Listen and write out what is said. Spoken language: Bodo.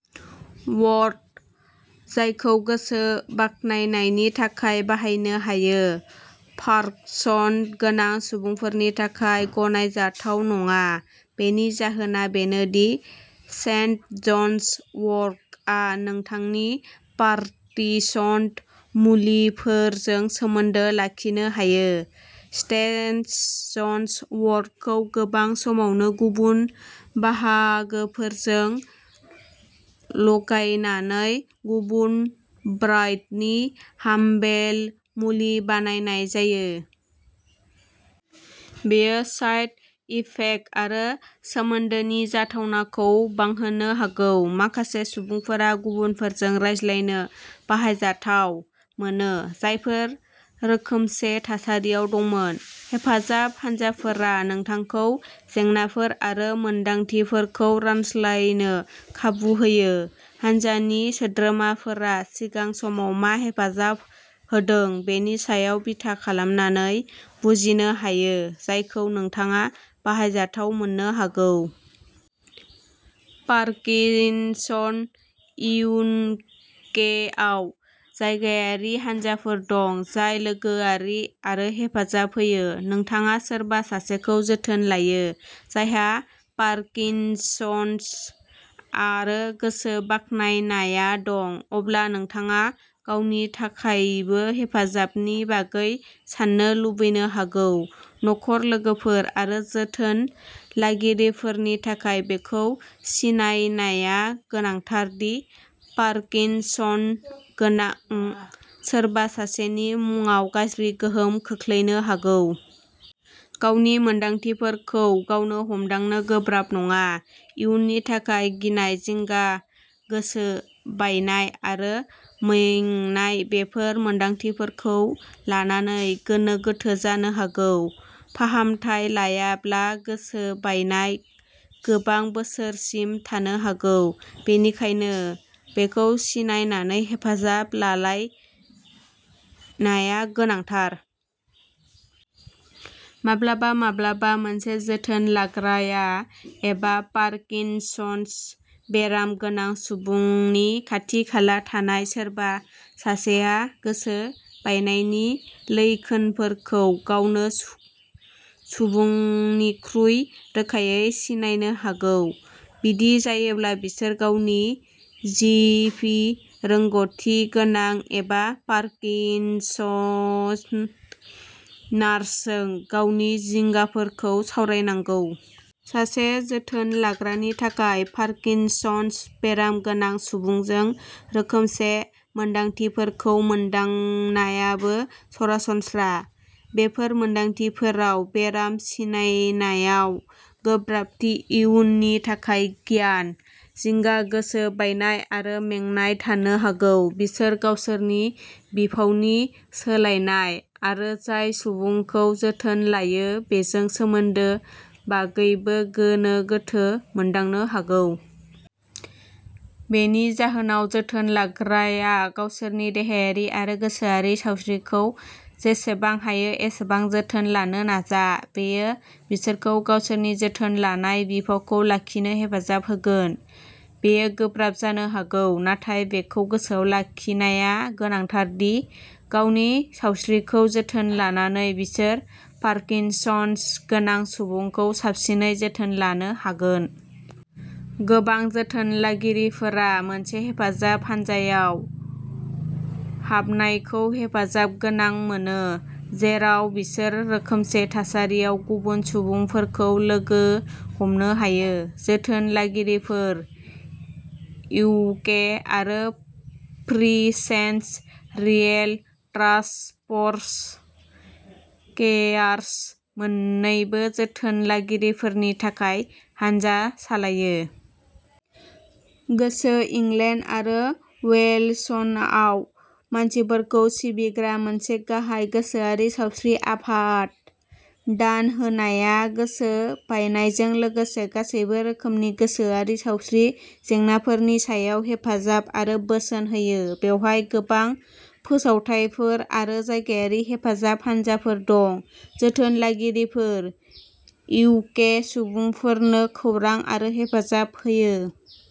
वर्ट, जायखौ गोसो बाखनायनायनि थाखाय बाहायनो हायो, पार्किनसन गोनां सुबुंफोरनि थाखाय गनायजाथाव नङा। बेनि जाहोना बेनो दि सेन्ट जन्स वर्टआ नोंथांनि पार्किनसन मुलिफोरजों सोमोन्दो लाखिनो हायो। स्टेसन जन्स वर्टखौ गोबां समावनो गुबुन बाहागोफोरजों लगायनानै गुबुन ब्रान्डनि हारमबेल मुलि बानायनाय जायो। बेयो साइड इफेक्ट आरो सोमोन्दोनि जाथावनाखौ बांहोनो हागौ। माखासे सुबुंफोर गुबुनफोरजों रायज्लायनो बाहायजाथाव मोनो, जायफोरा रोखोमसे थासारियाव दंमोन। हेफाजाब हानजाफोरा नोंथांखौ जेंनाफोर आरो मोनदांथिफोरखौ रानज्लायनो खाबु होयो। हान्जानि सोद्रोमाफोरा सिगांनि समाव मा हेफाजाब होदों बेनि सायाव बिथा खालामनानै बुजिनो हायो, जायखौ नोंथाङा बाहायजाथाव मोननो हागौ। पार्किनसन इउनकेआव जायगायारि हानजाफोर दं, जाय लोगोआरि आरो हेफाजाब होयो। नोंथाङा सोरबा सासेखौ जोथोन लायो, जायहा पार्किनसन आरो गोसो बायनाया दं, अब्ला नोंथाङा गावनि थाखायबो हेफाजाबनि बागै साननो लुबैनो हागौ। नखर, लोगोफोर आरो जोथोन लागिरिफोरनि थाखाय बेखौ सिनायनाया गोनांथार दि पार्किनसन गोनां सोरबा सासेनि मुंआव गाज्रि गोहोम खोख्लैनो हागौ। गावनि मोन्दांथिफोरखौ गावनो हमदांनो गोब्राब नङा, इयुननि थाखाय गिनाय, जिंगा, गोसो बायनाय आरो मेंनाय बेफोर मोन्दांथिफोरखौ लानानै गोनो गोथो जानो हागौ। फाहामथाय लायाब्ला गोसो बायनाया गोबां बोसोरसिम थानो हागौ, बेनिखायनो बेखौ सिनायनानै हेफाजाब लालायनाया गोनांथार। माब्लाबा-माब्लाबा सासे जोथोन लाग्राया एबा पार्किनसन बेराम गोनां सुबुंनि खाथि-खाला थानाय सोरबा सासेआ गोसो बायनायनि लैखोनफोरखौ गावनो सुबुंनिख्रुइ रोखायै सिनायनो हागौ। बिदि जायोब्ला, बिसोर गावनि जि. पि., रोंग'थि गोनां एबा पार्किनसन नार्सजों गावनि जिंगाफोरखौ सावरायनांगौ। सासे जोथोन लाग्रानि थाखाय पार्किनसन बेराम गोनां सुबुंजों रोखोमसे मोन्दांथिफोरखौ मोनदांनायाबो सरासनस्रा। बेफोर मोनदांथिफोराव बेराम सिनायनायाव गोब्राबथि, इयुननि थाखाय गियान, जिंगा, गोसो बायनाय आरो मेंनाय थानो हागौ। बिसोर गावसोरनि बिफावनि सोलायनाय आरो जाय सुबुंखौ जोथोन लायो बेजों सोमोन्दोनि बागैबो गोनो गोथो मोनदांनो हागौ। बेनि जाहोनाव, जोथोन लाग्राया गावसोरनि देहायारि आरो गोसोआरि सावस्रिखौ जेसेबां हायो एसेबां जोथोन लानो नाजा। बेयो बिसोरखौ गावसोरनि जोथोन लानाय बिफावखौ लाखिनो हेफाजाब होगोन। बेयो गोब्राब जानो हागौ, नाथाय बेखौ गोसोआव लाखिनाया गोनांथार दि गावनि सावस्रिखौ जोथोन लानानै, बिसोर पार्किनसन गोनां सुबुंखौ साबसिनै जोथोन लानो हागोन। गोबां जोथोन लागिरिफोरा मोनसे हेफाजाब हान्जायाव हाबनायखौ हेफाजाब गोनां मोनो, जेराव बिसोर रोखोमसे थासारियाव गुबुन सुबुंफोरखौ लोगो हमनो हायो। जोथोन लागिरिफोर इउके आरो Princess Royal Trust for Carers मोन्नैबो जोथोन लागिरिफोरनि थाखाय हानजा सालायो। गोसो इंलेण्ड आरो वेल्सनआव मानसिफोरखौ सिबिग्रा मोनसे गाहाय गोसोआरि सावस्रि आफाद। दान होनाया गोसो बायनायजों लोगोसे गासैबो रोखोमनि गोसोआरि सावस्रि जेंनाफोरनि सायाव हेफाजाब आरो बोसोन होयो। बेवहाय गोबां फोसावथायफोर आरो जायगायारि हेफाजाब हानजाफोर दं। जोथोन लागिरिफोर इउके सुबुंफोरनो खौरां आरो हेफाजाब होयो।